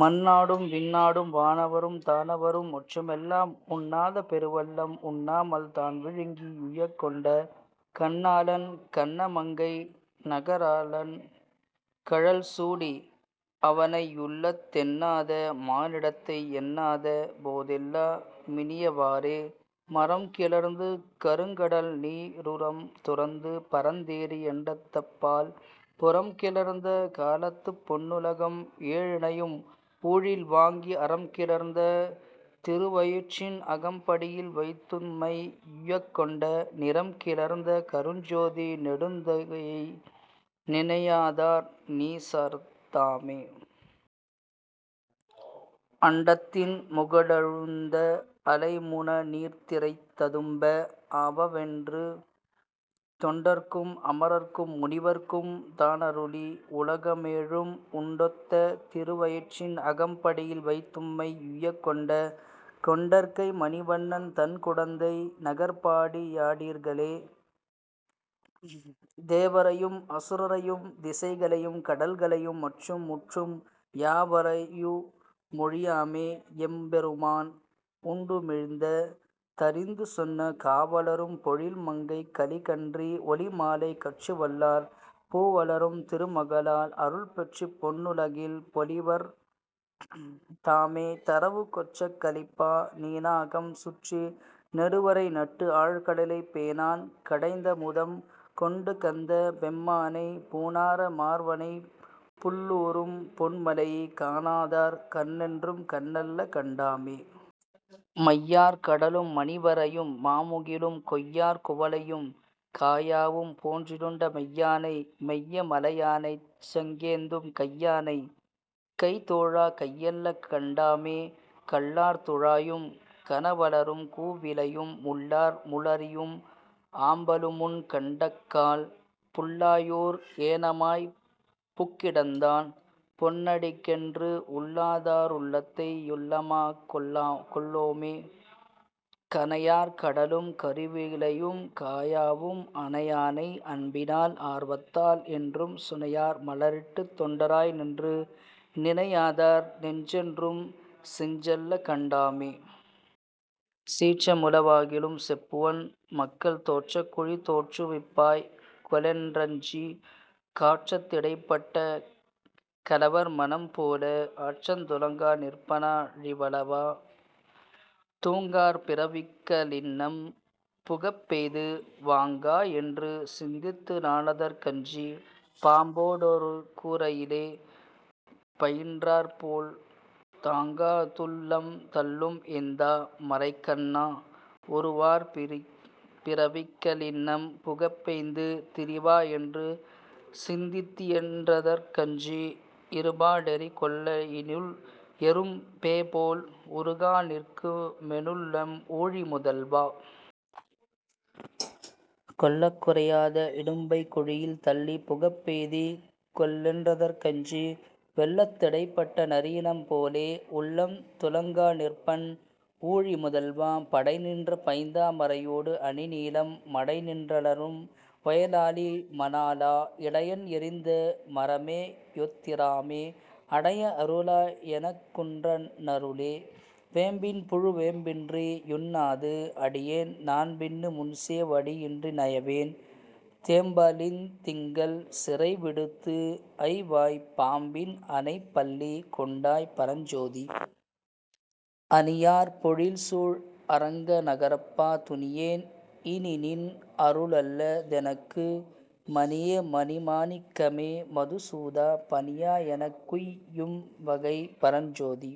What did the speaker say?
மண்ணாடும் விண்ணாடும் வானவரும் தானவரும் மற்றுமெல்லாம் உண்ணாத பெருவெள்ளம் உண்ணாமல் தான்விழுங்கி யுய்யக்கொண்ட, கண்ணாளன் கண்ணமங்கை நகராளன் கழல்சூடி, அவனையுள்ளத் தெண்ணாத மானிடத்தை யெண்ணாத போதெல்லா மினியவாறே. மறம்கிளர்ந்து கருங்கடல்நீ ருரம்துரந்து பரந்தேறி யண்டத்தப்பால், புறம்கிளர்ந்த காலத்துப் பொன்னுலகம் ஏழினையும் ஊழில்வாங்கி, அறம்கிளர்ந்த திருவயிற்றின் அகம்படியில் வைத்தும்மை யுய்யக்கொண்ட, நிறம்கிளர்ந்த கருஞ்சோதி நெடுந்தகையை நினையாதார் நீசர்தாமே.. அண்டத்தின் முகடழுந்த அலைமுநநீர்த் திரைததும் அவவென்று, தொண்டர்க்கும் அமரர்க்கும் முனிவர்க்கும் தானருளி, உலகமேழும் உண்டொத்த திருவயிற்றின் அகம்படியில் வைத்தும்மை யுய்யக்கொண்ட, கொண்டற்கை மணிவண்ணன் தண்குடந்தை நகர்ப்பாடி யாடீர்களே. தேவரையும் அசுரரையும் திசைகளையும் கடல்களையும் மற்றும் முற்றும், யாவரையு மொழியாமே யெம்பெருமான் உண்டுமிழ்ந்த தறிந்துசொன்ன, காவளரும் பொழில்மங்கைக் கலிகன்றி ஒலிமாலை கற்று வல்லார், பூவளரும் திருமகளால் அருள்பெற்றுப் பொன்னுலகில் பொலிவர் தாமே தரவு கொச்சக் கலிப்பா நீணாகம் சுற்றி நெடுவரைநட்டு, ஆழ்கடலைப் பேணான் கடைந்தமுதம் கொண்டுகந்த பெம்மானை, பூணார மார்வனைப் புள்ளூரும் பொன்மலையை, காணாதார் கண்ணென்றும் கண்ணல்ல கண்டாமே. மையார் கடலும் மணிவரையும் மாமுகிலும், கொய்யார் குவளையும் காயாவும் போன்றிருண்ட மெய்யானை, மெய்ய மலையானைச் சங்கேந்தும் கையானை, கைதொழா கையல்ல கண்டாமே. கள்ளார் துழாயும் கணவலரும் கூவிளையும், முள்ளார் முளரியும் ஆம்பலுமுன் கண்டக்கால், புள்ளாயோர் ஏனமாய்ப் புக்கிடந்தான் பொன்னடிக்கென்று, உள்ளாதா ருள்ளத்தை யுள்ளமாக் கொள்ளோமே. கனையார் கடலும் கருவிளையும் காயாவும் அனையானை, அன்பினால் ஆர்வத்தால், என்றும் சுனையார் மலரிட்டுத் தொண்டராய் நின்று, நினையாதார் நெஞ்சென்றும் செஞ்சல்ல கண்டாமே. சீற்றமுள வாகிலும் செப்புவன், மக்கள் தோற்றக் குழிதோற்று விப்பாய்கொ லென்றஞ்சி, காற்றத் திடைப்பட்ட கலவர் மனம்போல, ஆற்றத் துளங்கா நிற்பனா ழிவலவா.. தூங்கார் பிறவிக்க ளின்னம் புகப்பெய்து, வாங்காயென்று சிந்தித்து நானதற் கஞ்சி, பாம்போ டொருகூ ரையிலே பயின்றாற்போல், தாங்காதுள் ளம்தள்ளும் என்தா மரைக்கண்ணா.. உருவார் பிறவிக்க ளின்னம் புகப்பெய்து, திரிவாயென்று சிந்தித்தி யென்றதற் கஞ்சி, இருபா டெரிகொள்ள யினுள் எறும்பேபோல், உருகாநிற்கு மென்னுள்ளம் ஊழி முதல்வா.. கொள்ளக் குறையாத இடும்பைக் குழியில், தள்ளி புகப்பெய்தி கொல்லென் றதற்கஞ்சி, வெள்ளத் திடைப்பட்ட நரியினம் போலே, உள்ளம் துளங்காநிற்பன் ஊழி முதல்வா.. படைநின்ற பைந்தா மரையோடு அணிநீலம் மடைநின் றலரும் வயலாலி மணாளா, இடையன் எறிந்த மரமேயொத் திராமே, அடைய அருளா யெனக்குன்ற னருளே. வேம்பின்புழு வேம்பின்றி யுண்ணாது, அடியேன் நான்பின்னு முன்சே வடியன்றி நயவேன், தேம்பலிளந் திங்கள் சிறைவிடுத்து, ஐவாய்ப் பாம்பின் அணைப்பள்ளி கொண்டாய் பரஞ்சோதீ.. அணியார் பொழில்சூழ் அரங்க நகரப்பா, துணியேன் இனிநின் அருளல்ல தெனக்கு, மணியே. மணிமா ணிக்கமே. மதுசூதா, பணியா யெனக்குய் யும்வகை, பரஞ்சோதீ.